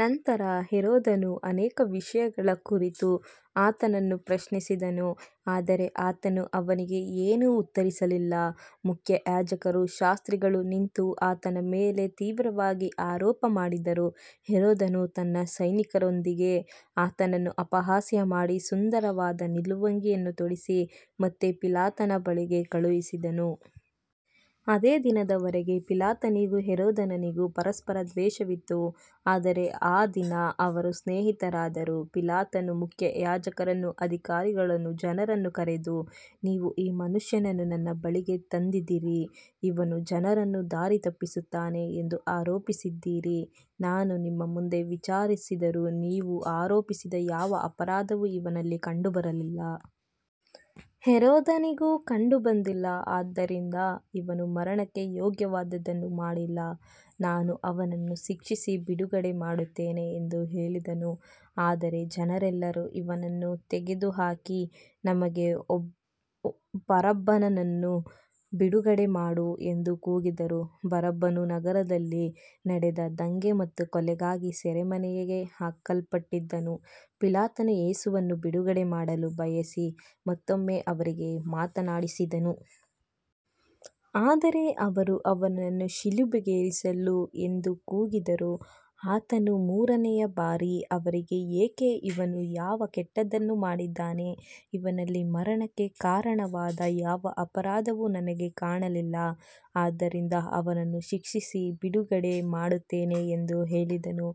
ನಂತರ ಹೆರೋದನು ಅನೇಕ ವಿಷಯಗಳ ಕುರಿತು ಆತನನ್ನು ಪ್ರಶ್ನಿಸಿದನು, ಆದರೆ ಆತನು ಅವನಿಗೆ ಏನೂ ಉತ್ತರಿಸಲಿಲ್ಲ. ಮುಖ್ಯಯಾಜಕರೂ ಶಾಸ್ತ್ರಿಗಳೂ ನಿಂತು ಆತನ ಮೇಲೆ ತೀವ್ರವಾಗಿ ಆರೋಪ ಮಾಡಿದರು. ಹೆರೋದನು ತನ್ನ ಸೈನಿಕರೊಂದಿಗೆ ಆತನನ್ನು ಅಪಹಾಸ್ಯ ಮಾಡಿ, ಸುಂದರವಾದ ನಿಲುವಂಗಿಯನ್ನು ತೊಡಿಸಿ ಮತ್ತೆ ಪಿಲಾತನ ಬಳಿಗೆ ಕಳುಹಿಸಿದನು. ಅದೇ ದಿನದವರೆಗೆ ಪಿಲಾತನಿಗೂ ಹೆರೋದನಿಗೂ ಪರಸ್ಪರ ದ್ವೇಷವಿತ್ತು, ಆದರೆ ಆ ದಿನ ಅವರು ಸ್ನೇಹಿತರಾದರು. ಪಿಲಾತನು ಮುಖ್ಯಯಾಜಕರನ್ನೂ ಅಧಿಕಾರಿಗಳನ್ನೂ ಜನರನ್ನೂ ಕರೆದು, ನೀವು ಈ ಮನುಷ್ಯನನ್ನು ನನ್ನ ಬಳಿಗೆ ತಂದಿದ್ದೀರಿ. ಇವನು ಜನರನ್ನು ದಾರಿ ತಪ್ಪಿಸುತ್ತಾನೆ ಎಂದು ಆರೋಪಿಸಿದ್ದೀರಿ. ನಾನು ನಿಮ್ಮ ಮುಂದೆ ವಿಚಾರಿಸಿದರೂ ನೀವು ಆರೋಪಿಸಿದ ಯಾವ ಅಪರಾಧವೂ ಇವನಲ್ಲಿ ಕಂಡುಬರಲಿಲ್ಲ. ಹೆರೋದನಿಗೂ ಕಂಡುಬಂದಿಲ್ಲ. ಆದ್ದರಿಂದ ಇವನು ಮರಣಕ್ಕೆ ಯೋಗ್ಯವಾದದ್ದನ್ನು ಮಾಡಿಲ್ಲ. ನಾನು ಅವನನ್ನು ಶಿಕ್ಷಿಸಿ ಬಿಡುಗಡೆ ಮಾಡುತ್ತೇನೆ ಎಂದು ಹೇಳಿದನು. ಆದರೆ ಜನರೆಲ್ಲರೂ, ಇವನನ್ನು ತೆಗೆದುಹಾಕಿ, ನಮಗೆ ಬರಬ್ಬನನ್ನು ಬಿಡುಗಡೆ ಮಾಡು ಎಂದು ಕೂಗಿದರು. ಬರಬ್ಬನು ನಗರದಲ್ಲಿ ನಡೆದ ದಂಗೆ ಮತ್ತು ಕೊಲೆಗಾಗಿ ಸೆರೆಮನೆಗೆ ಹಾಕಲ್ಪಟ್ಟಿದ್ದನು. ಪಿಲಾತನು ಯೇಸುವನ್ನು ಬಿಡುಗಡೆಮಾಡಲು ಬಯಸಿ ಮತ್ತೊಮ್ಮೆ ಅವರೊಂದಿಗೆ ಮಾತನಾಡಿದನು. ಆದರೆ ಅವರು, ಅವನನ್ನು ಶಿಲುಬೆಗೇರಿಸು ಎಂದು ಕೂಗಿದರು. ಆತನು ಮೂರನೆಯ ಬಾರಿ ಅವರಿಗೆ, ಏಕೆ, ಇವನು ಯಾವ ಕೆಟ್ಟದ್ದನ್ನು ಮಾಡಿದ್ದಾನೆ. ಇವನಲ್ಲಿ ಮರಣಕ್ಕೆ ಕಾರಣವಾದ ಯಾವ ಅಪರಾಧವೂ ನನಗೆ ಕಾಣಲಿಲ್ಲ. ಆದ್ದರಿಂದ ಅವನನ್ನು ಶಿಕ್ಷಿಸಿ ಬಿಡುಗಡೆ ಮಾಡುತ್ತೇನೆ ಎಂದು ಹೇಳಿದನು.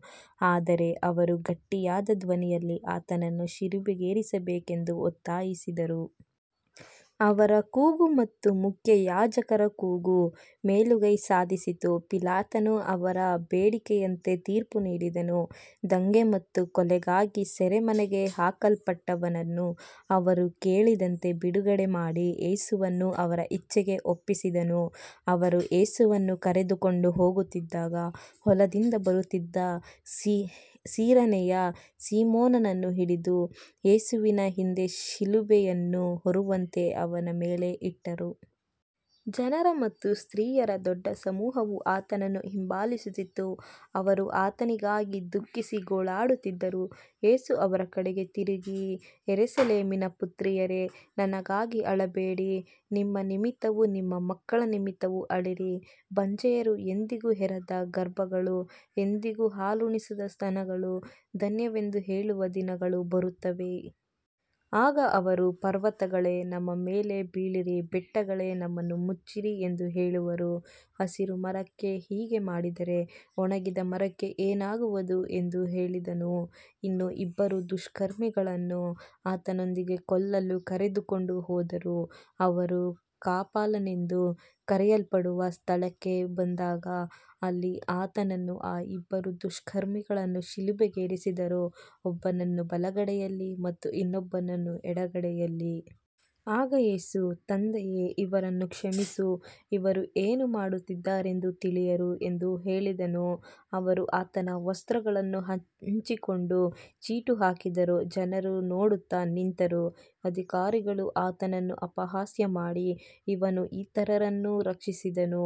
ಆದರೆ ಅವರು ಗಟ್ಟಿಯಾದ ಧ್ವನಿಯಲ್ಲಿ ಆತನನ್ನು ಶಿಲುಬೆಗೇರಿಸಬೇಕೆಂದು ಒತ್ತಾಯಿಸಿದರು. ಅವರ ಕೂಗು ಮತ್ತು ಮುಖ್ಯಯಾಜಕರ ಕೂಗು ಮೇಲುಗೈ ಸಾಧಿಸಿತು. ಪಿಲಾತನು ಅವರ ಬೇಡಿಕೆಯಂತೆ ತೀರ್ಪು ನೀಡಿದನು. ದಂಗೆ ಮತ್ತು ಕೊಲೆಗಾಗಿ ಸೆರೆಮನೆಗೆ ಹಾಕಲ್ಪಟ್ಟವನನ್ನು ಅವರು ಕೇಳಿದಂತೆ ಬಿಡುಗಡೆಮಾಡಿ, ಯೇಸುವನ್ನು ಅವರ ಇಚ್ಛೆಗೆ ಒಪ್ಪಿಸಿದನು. ಅವರು ಯೇಸುವನ್ನು ಕರೆದುಕೊಂಡು ಹೋಗುತ್ತಿದ್ದಾಗ, ಹೊಲದಿಂದ ಬರುತ್ತಿದ್ದ ಸಿರೇನೆಯ ಸೀಮೋನನನ್ನು ಹಿಡಿದು, ಯೇಸುವಿನ ಹಿಂದೆ ಶಿಲುಬೆಯನ್ನು ಹೊರುವಂತೆ ಅವನ ಮೇಲೆ ಇಟ್ಟರು. ಜನರ ಮತ್ತು ಸ್ತ್ರೀಯರ ದೊಡ್ಡ ಸಮೂಹವು ಆತನನ್ನು ಹಿಂಬಾಲಿಸುತ್ತಿತ್ತು. ಅವರು ಆತನಿಗಾಗಿ ದುಃಖಿಸಿ ಗೋಳಾಡುತ್ತಿದ್ದರು. ಯೇಸು ಅವರ ಕಡೆಗೆ ತಿರುಗಿ, ಯೆರೂಸಲೇಮಿನ ಪುತ್ರಿಯರೇ, ನನಗಾಗಿ ಅಳಬೇಡಿ, ನಿಮ್ಮ ನಿಮಿತ್ತವೂ ನಿಮ್ಮ ಮಕ್ಕಳ ನಿಮಿತ್ತವೂ ಅಳಿರಿ. ಬಂಜೆಯರೂ, ಎಂದಿಗೂ ಹೆರದ ಗರ್ಭಗಳೂ, ಎಂದಿಗೂ ಹಾಲುಣಿಸದ ಸ್ತನಗಳೂ ಧನ್ಯವೆಂದು ಹೇಳುವ ದಿನಗಳು ಬರುತ್ತವೆ. ಆಗ ಅವರು ಪರ್ವತಗಳೇ, ನಮ್ಮ ಮೇಲೆ ಬೀಳಿರಿ, ಬೆಟ್ಟಗಳೇ, ನಮ್ಮನ್ನು ಮುಚ್ಚಿರಿ ಎಂದು ಹೇಳುವರು. ಹಸಿರು ಮರಕ್ಕೆ ಹೀಗೆ ಮಾಡಿದರೆ ಒಣಗಿದ ಮರಕ್ಕೆ ಏನಾಗುವುದು ಎಂದು ಹೇಳಿದನು. ಇನ್ನೂ ಇಬ್ಬರು ದುಷ್ಕರ್ಮಿಗಳನ್ನು ಆತನೊಂದಿಗೆ ಕೊಲ್ಲಲು ಕರೆದುಕೊಂಡು ಹೋದರು. ಅವರು ಕಪಾಲವೆಂದು ಕರೆಯಲ್ಪಡುವ ಸ್ಥಳಕ್ಕೆ ಬಂದಾಗ, ಅಲ್ಲಿ ಆತನನ್ನೂ ಆ ಇಬ್ಬರು ದುಷ್ಕರ್ಮಿಗಳನ್ನೂ ಶಿಲುಬೆಗೇರಿಸಿದರು, ಒಬ್ಬನನ್ನು ಬಲಗಡೆಯಲ್ಲಿ ಮತ್ತು ಇನ್ನೊಬ್ಬನನ್ನು ಎಡಗಡೆಯಲ್ಲಿ. ಆಗ ಯೇಸು, ತಂದೆಯೇ, ಇವರನ್ನು ಕ್ಷಮಿಸು, ಇವರು ಏನು ಮಾಡುತ್ತಿದ್ದಾರೆಂದು ತಿಳಿಯರು ಎಂದು ಹೇಳಿದನು. ಅವರು ಆತನ ವಸ್ತ್ರಗಳನ್ನು ಹಂಚಿಕೊಂಡು ಚೀಟು ಹಾಕಿದರು. ಜನರು ನೋಡುತ್ತಾ ನಿಂತರು. ಅಧಿಕಾರಿಗಳೂ ಆತನನ್ನು ಅಪಹಾಸ್ಯ ಮಾಡಿ, ಇವನು ಇತರರನ್ನು ರಕ್ಷಿಸಿದನು.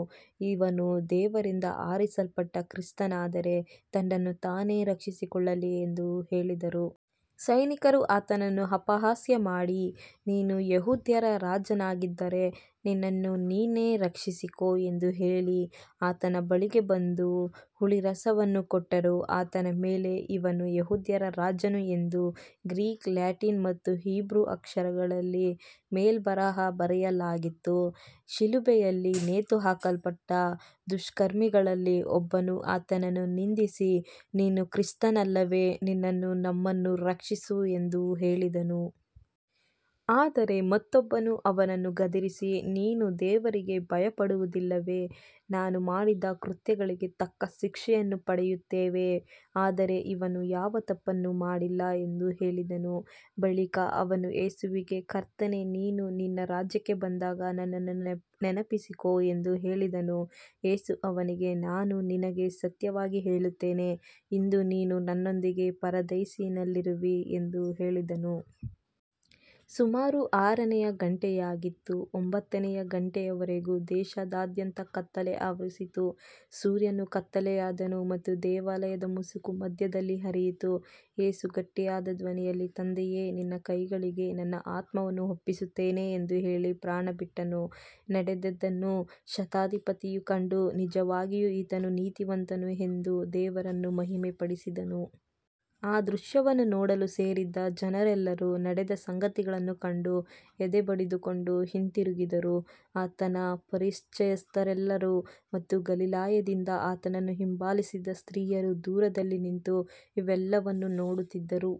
ಇವನು ದೇವರಿಂದ ಆರಿಸಲ್ಪಟ್ಟ ಕ್ರಿಸ್ತನಾದರೆ ತನ್ನನ್ನು ತಾನೇ ರಕ್ಷಿಸಿಕೊಳ್ಳಲಿ ಎಂದು ಹೇಳಿದರು. ಸೈನಿಕರೂ ಆತನನ್ನು ಅಪಹಾಸ್ಯ ಮಾಡಿ, ನೀನು ಯೆಹೂದ್ಯರ ರಾಜನಾಗಿದ್ದರೆ ನಿನ್ನನ್ನು ನೀನೇ ರಕ್ಷಿಸಿಕೋ ಎಂದು ಹೇಳಿ ಆತನ ಬಳಿಗೆ ಬಂದು ಹುಳಿರಸವನ್ನು ಕೊಟ್ಟರು. ಆತನ ಮೇಲೆ, ಇವನು ಯೆಹೂದ್ಯರ ರಾಜನು ಎಂದು ಗ್ರೀಕ್, ಲ್ಯಾಟಿನ್ ಮತ್ತು ಹೀಬ್ರೂ ಅಕ್ಷರಗಳಲ್ಲಿ ಮೇಲ್ಬರಹ ಬರೆಯಲಾಗಿತ್ತು. ಶಿಲುಬೆಯಲ್ಲಿ ನೇತುಹಾಕಲ್ಪಟ್ಟ ದುಷ್ಕರ್ಮಿಗಳಲ್ಲಿ ಒಬ್ಬನು ಆತನನ್ನು ನಿಂದಿಸಿ, ನೀನು ಕ್ರಿಸ್ತನಲ್ಲವೇ, ನಿನ್ನನ್ನೂ ನಮ್ಮನ್ನೂ ರಕ್ಷಿಸು ಎಂದು ಹೇಳಿದನು. ಆದರೆ ಮತ್ತೊಬ್ಬನು ಅವನನ್ನು ಗದರಿಸಿ, ನೀನು ದೇವರಿಗೆ ಭಯಪಡುವುದಿಲ್ಲವೇ. ನಾವು ಮಾಡಿದ ಕೃತ್ಯಗಳಿಗೆ ತಕ್ಕ ಶಿಕ್ಷೆಯನ್ನು ಪಡೆಯುತ್ತಿದ್ದೇವೆ. ಆದರೆ ಇವನು ಯಾವ ತಪ್ಪನ್ನೂ ಮಾಡಿಲ್ಲ ಎಂದು ಹೇಳಿದನು. ಬಳಿಕ ಅವನು ಯೇಸುವಿಗೆ, ಕರ್ತನೇ, ನೀನು ನಿನ್ನ ರಾಜ್ಯಕ್ಕೆ ಬಂದಾಗ ನನ್ನನ್ನು ನೆನಪಿಸಿಕೋ ಎಂದು ಹೇಳಿದನು. ಯೇಸು ಅವನಿಗೆ, ನಾನು ನಿನಗೆ ಸತ್ಯವಾಗಿ ಹೇಳುತ್ತೇನೆ, ಇಂದು ನೀನು ನನ್ನೊಂದಿಗೆ ಪರದೈಸಿನಲ್ಲಿರುವೆ ಎಂದು ಹೇಳಿದನು. ಸುಮಾರು ಆರನೇ ಗಂಟೆಯಾಗಿತ್ತು. ಒಂಬತ್ತನೇ ಗಂಟೆಯವರೆಗೆ ದೇಶದಾದ್ಯಂತ ಕತ್ತಲೆ ಆವರಿಸಿತು. ಸೂರ್ಯನು ಕತ್ತಲೆಯಾದನು ಮತ್ತು ದೇವಾಲಯದ ಮುಸುಕು ಮಧ್ಯದಲ್ಲಿ ಹರಿಯಿತು. ಯೇಸು ಗಟ್ಟಿಯಾದ ಧ್ವನಿಯಲ್ಲಿ, ತಂದೆಯೇ, ನಿನ್ನ ಕೈಗಳಿಗೆ ನನ್ನ ಆತ್ಮವನ್ನು ಒಪ್ಪಿಸುತ್ತೇನೆ ಎಂದು ಹೇಳಿ ಪ್ರಾಣಬಿಟ್ಟನು. ನಡೆದದ್ದನ್ನು ಶತಾಧಿಪತಿಯು ಕಂಡು, ನಿಜವಾಗಿಯೂ ಈತನು ನೀತಿವಂತನು ಎಂದು ದೇವರನ್ನು ಮಹಿಮೆಪಡಿಸಿದನು. ಆ ದೃಶ್ಯವನ್ನು ನೋಡಲು ಸೇರಿದ್ದ ಜನರೆಲ್ಲರೂ ನಡೆದ ಸಂಗತಿಗಳನ್ನು ಕಂಡು ಎದೆ ಬಡಿದುಕೊಂಡು ಹಿಂದಿರುಗಿದರು. ಆತನ ಪರಿಚಯಸ್ಥರೆಲ್ಲರೂ ಮತ್ತು ಗಲಿಲಾಯದಿಂದ ಆತನನ್ನು ಹಿಂಬಾಲಿಸಿದ್ದ ಸ್ತ್ರೀಯರೂ ದೂರದಲ್ಲಿ ನಿಂತು ಇವೆಲ್ಲವನ್ನೂ ನೋಡುತ್ತಿದ್ದರು.